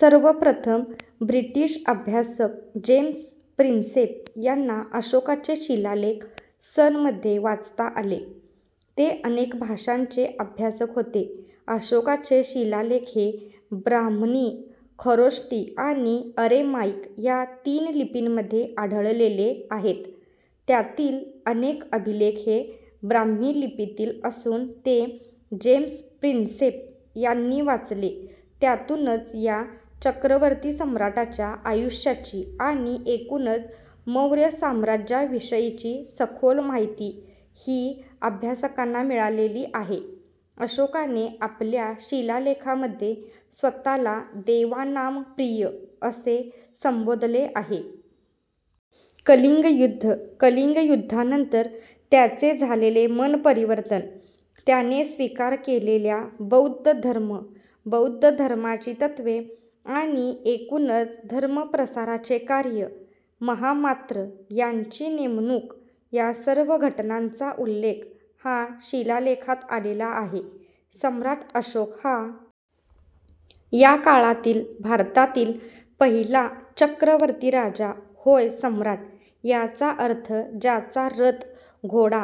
सर्वप्रथम ब्रिटिश अभ्यासक James Prinsep यांना अशोकाचे शिलालेख सन मध्ये वाचता आले. ते अनेक भाषांचे अभ्यासक होते. अशोकाचे शिलालेख हे ब्राह्ममी, खरोष्टी आणि अरेमाइक या तीन लिपींमध्ये आढळलेले आहेत. त्यातील अनेक अभिलेख हे ब्राम्ही लिपीतील असून ते जेम्स प्रिन्सेप यांनी वाचले, त्यातूनच या चक्रवर्ती सम्राटाच्या आयुष्याची आणि एकूणच मौर्य साम्राज्या विषयीची सखोल माहिती हीअभ्यासकांना मिळालेली आहे अशोकाने आपल्या शिलालेखामध्ये स्वतःला 'देवानाम प्रिय' असे संबोधले आहे. कलिंग युद्ध कलिंग युद्धानंतर त्याचे झालेले मनपरिवर्तन, त्याने स्वीकार केलेल्या बौद्ध धर्म, बौद्ध धर्माची तत्त्वे आणि एकूणच धर्मप्रसाराचे कार्य महामात्र यांची नेमणूक या सर्व घटनांचा उल्लेख हा शिलालेखात आलेला आहे. सम्राट अशोक हा या काळातील भारतातील पहिला चक्रवर्ती राजा होय सम्राट याचा अर्थ ज्याचा रथ घोडा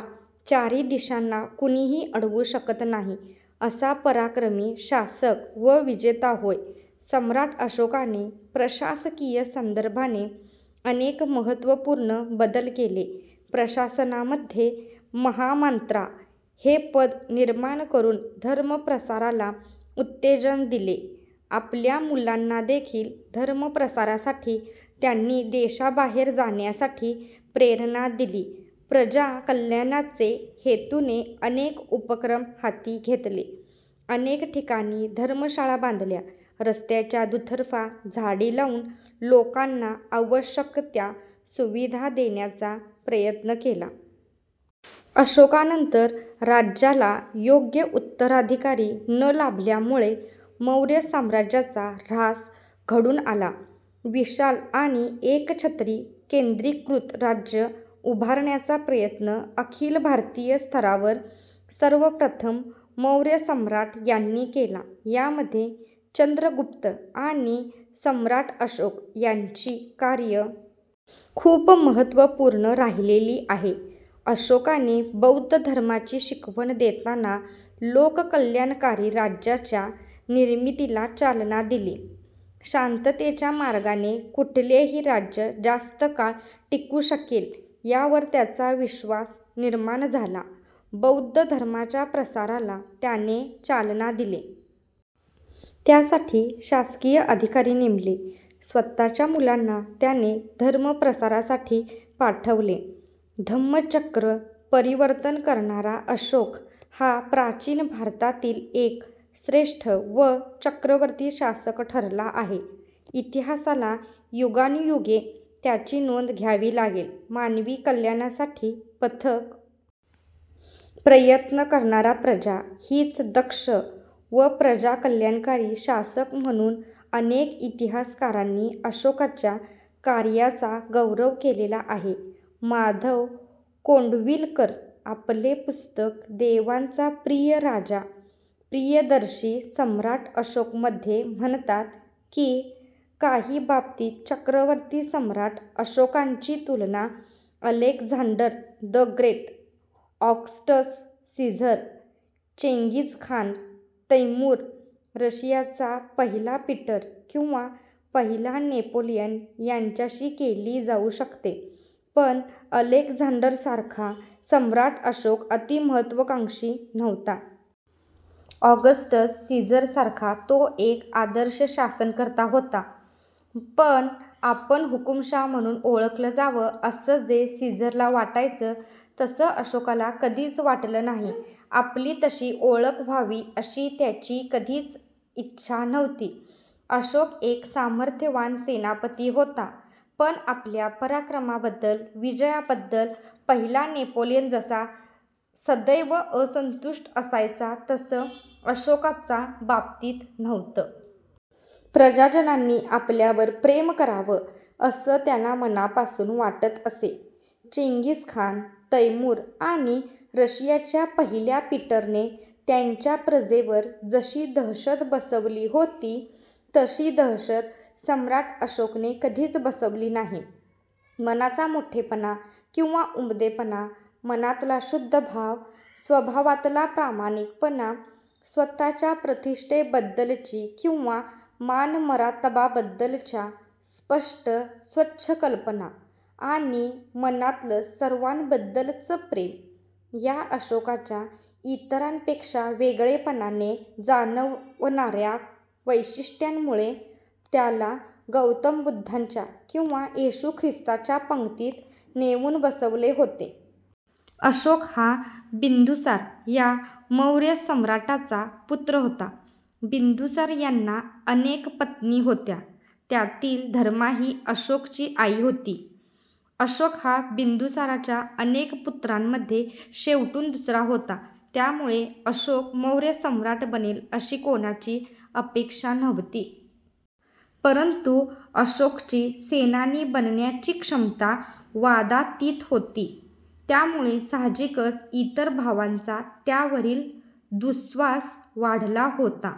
चारी दिशांना कुणीही अडवू शकत नाही असा पराक्रमी शासक व विजेता होय सम्राट अशोकाने प्रशासकीय संदर्भाने अनेक महत्त्वपूर्ण बदल केले प्रशासनामध्ये महामांत्रा हे पद निर्माण करून धर्मप्रसाराला उत्तेजन दिले आपल्या मुलांनादेखील धर्मप्रसारासाठी त्यांनी देशाबाहेर जाण्यासाठी प्रेरणा दिली प्रजा कल्याणाचे हेतूने अनेक उपक्रम हाती घेतले अनेक ठिकाणी धर्मशाळा बांधल्या रस्त्याच्या दुतर्फा झाडी लावून लोकांना आवश्यक त्या सुविधा देण्याचा प्रयत्न केला. अशोकानंतर राज्याला योग्य उत्तराधिकारी न लाभल्यामुळे मौर्य साम्राज्याचा ऱ्हास घडून आला विशाल आणि एकछत्री केंद्रीकृत राज्य उभारण्याचा प्रयत्न अखिल भारतीय स्तरावर सर्वप्रथम मौर्य सम्राट यांनी केला यामध्ये चंद्रगुप्त आणि सम्राट अशोक यांची कार्य खूप महत्त्वपूर्ण राहिलेली आहे अशोकाने बौद्ध धर्माची शिकवण देताना लोककल्याणकारी राज्याच्या निर्मितीला चालना दिली शांततेच्या मार्गाने कुठलेही राज्य जास्त काळ टिकू शकेल यावर त्याचा विश्वास निर्माण झाला बौद्ध धर्माच्या प्रसाराला त्याने चालना दिले त्यासाठी शासकीय अधिकारी नेमले स्वतःच्या मुलांना त्याने धर्म प्रसारासाठी पाठवले धम्मचक्र परिवर्तन करणारा अशोक हा प्राचीन भारतातील एक श्रेष्ठ व चक्रवर्ती शासक ठरला आहे इतिहासाला युगानुयुगे त्याची नोंद घ्यावी लागेल मानवी कल्याणासाठी पथक प्रयत्न करणारा प्रजा हीच दक्ष व प्रजा कल्याणकारी शासक म्हणून अनेक इतिहासकारांनी अशोकाच्या कार्याचा गौरव केलेला आहे माधव कोंडविलकर आपले पुस्तक 'देवांचा प्रिय राजा प्रियदर्शी सम्राट अशोक' मध्ये म्हणतात की, ''काही बाबतीत चक्रवर्ती सम्राट अशोकांची तुलना, Alexander the Great, Augustus Caesar, Genghis Khan, Timur, रशियाचा पहिला पीटर किंवा पहिला नेपोलियन यांच्याशी केली जाऊ शकते; पण अलेक्झांडरसारखा सम्राट् अशोक अति-महत्त्वाकांक्षी नव्हता. ऑगस्टस सीझरसारखा तो एक आदर्श शासनकर्ता होता; पण आपण हुकूमशहा म्हणून ओळखलं जावं असं जे सीझरला वाटायचं तसं अशोकाला कधीच वाटलं नाही. आपली तशी ओळख व्हावी अशी त्याची कधीच इच्छा नव्हती. अशोक एक सामर्थ्यवान सेनापती होता; पण आपल्या पराक्रमाबद्दल, विजयाबद्दल पहिला नेपोलियन जसा सदैव असंतुष्ट असायचा तसं अशोकाचा बाबतीत नव्हतं. प्रजाजनांनी आपल्यावर प्रेम करावं, असं त्याला मनापासून वाटत असे. चेंगीसखान, तैमूर आणि रशियाच्या पहिल्या पीटरने त्यांच्या प्रजेवर जशी दहशत बसवली होती, तशी दहशत सम्राट अशोकने कधीच बसवली नाही. मनाचा मोठेपणा किंवा उमदेपणा, मनातला शुद्ध भाव, स्वभावातला प्रामाणिकपणा, स्वतःच्या प्रतिष्ठेबद्दलची किंवा मानमरातबाबद्दलच्या स्पष्ट स्वच्छ कल्पना आणि मनातलं सर्वांबद्दलचं प्रेम या अशोकाच्या, इतरांपेक्षा वेगळेपणाने जाणवणाऱ्या वैशिष्ट्यांमुळे त्याला गौतम बुद्धांच्या किंवा येशू ख्रिस्ताच्या पंक्तीत नेऊन बसवले होते. '' अशोक हा बिंदुसार या मौर्य सम्राटाचा पुत्र होता. बिंदुसार यांना अनेक पत्नी होत्या, त्यातील धर्मा ही अशोकची आई होती. अशोक हा बिंदुसाराच्या अनेक पुत्रांमध्ये शेवटून दुसरा होता. त्यामुळे अशोक मौर्य सम्राट बनेल अशी कोणाची अपेक्षा नव्हती. परंतु अशोकची सेनानी बनण्याची क्षमता वादातीत होती. त्यामुळे साहजिकच इतर भावांचा त्यावरील दुःस्वास वाढला होता.